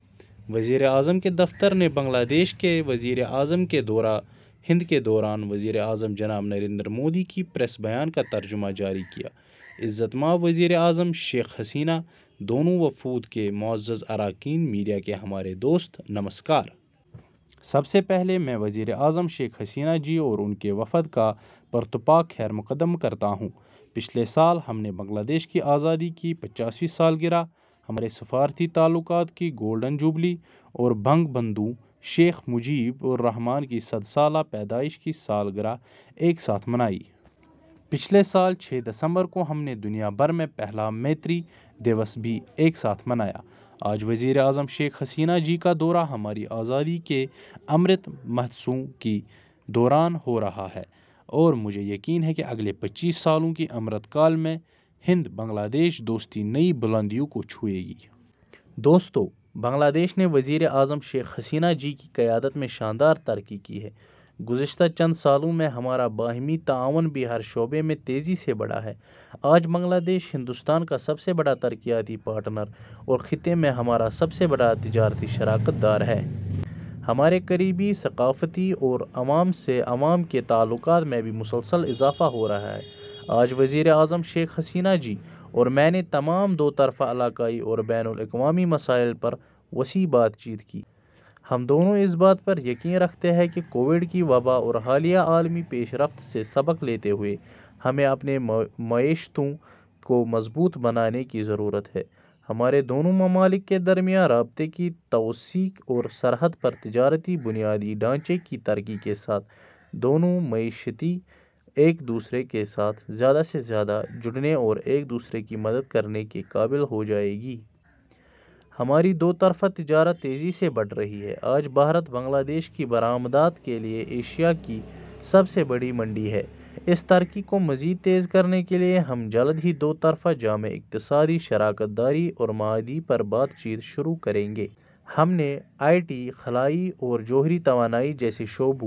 وزیر اعظم کے دفتر نے بنگلہ دیش کے وزیر اعظم کے دورۂ ہند کے دوران وزیر اعظم جناب نریندر مودی کے پریس بیان کا ترجمہ جاری کیا۔ عزت مآب وزیر اعظم شیخ حسینہ، دونوں وفود کے معزز اراکین، میڈیا کے ہمارے دوست، نمسکار! سب سے پہلے میں وزیر اعظم شیخ حسینہ جی اور ان کے وفد کا پرتپاک خیرمقدم کرتا ہوں۔ پچھلے سال ہم نے بنگلہ دیش کی آزادی کی پچاسویں سالگرہ، ہمارے سفارتی تعلقات کی گولڈن جوبلی اور بنگ بندھو شیخ مجیب الرحمان کی صد سالہ پیدائش کی سالگرہ ایک ساتھ منائی۔ پچھلے سال چھ دسمبر کو، ہم نے دنیا بھر میں پہلا میتری دیوس بھی ایک ساتھ منایا۔ آج وزیر اعظم شیخ حسینہ جی کا دورہ ہماری آزادی کے امرت مہوتسو کے دوران ہو رہا ہے اور مجھے یقین ہے کہ اگلے پچیس سالوں کے امرت کال میں ہند بنگلہ دیش دوستی نئی بلندیوں کو چھوئے گی۔ دوستو، بنگلہ دیش نے وزیر اعظم شیخ حسینہ جی کی قیادت میں شاندار ترقی کی ہے۔ گزشتہ چند سالوں میں ہمارا باہمی تعاون بھی ہر شعبے میں تیزی سے بڑھا ہے۔ آج بنگلہ دیش ہندوستان کا سب سے بڑا ترقیاتی پارٹنر اور خطے میں ہمارا سب سے بڑا تجارتی شراکت دار ہے۔ ہمارے قریبی ثقافتی اور عوام سے عوام کے تعلقات میں بھی مسلسل اضافہ ہوا ہے۔ آج وزیر اعظم شیخ حسینہ جی اور میں نے تمام دو طرفہ، علاقائی اور بین الاقوامی مسائل پر وسیع بات چیت کی۔ ہم دونوں اس بات پر یقین رکھتے ہیں کہ کووڈ کی وبا اور حالیہ عالمی پیش رفت سے سبق لیتے ہوئے ہمیں اپنی معیشتوں کو مضبوط بنانے کی ضرورت ہے۔ ہمارے دونوں ممالک کے درمیان رابطے کی توسیع اور سرحد پر تجارتی بنیادی ڈھانچے کی ترقی کے ساتھ، دونوں معیشتیں ایک دوسرے کے ساتھ زیادہ سے زیادہ جڑنے اور ایک دوسرے کی مدد کرنے کے قابل ہو جائیں گی۔ ہماری دو طرفہ تجارت تیزی سے بڑھ رہی ہے۔ آج بھارت بنگلہ دیش کی برآمدات کے لیے ایشیا کی سب سے بڑی منڈی ہے۔ اس ترقی کو مزید تیز کرنے کے لیے، ہم جلد ہی دو طرفہ جامع اقتصادی شراکت داری کے معاہدے پر بات چیت شروع کریں گے۔ ہم نے آئی ٹی، خلائی اور جوہری توانائی جیسے شعبوں...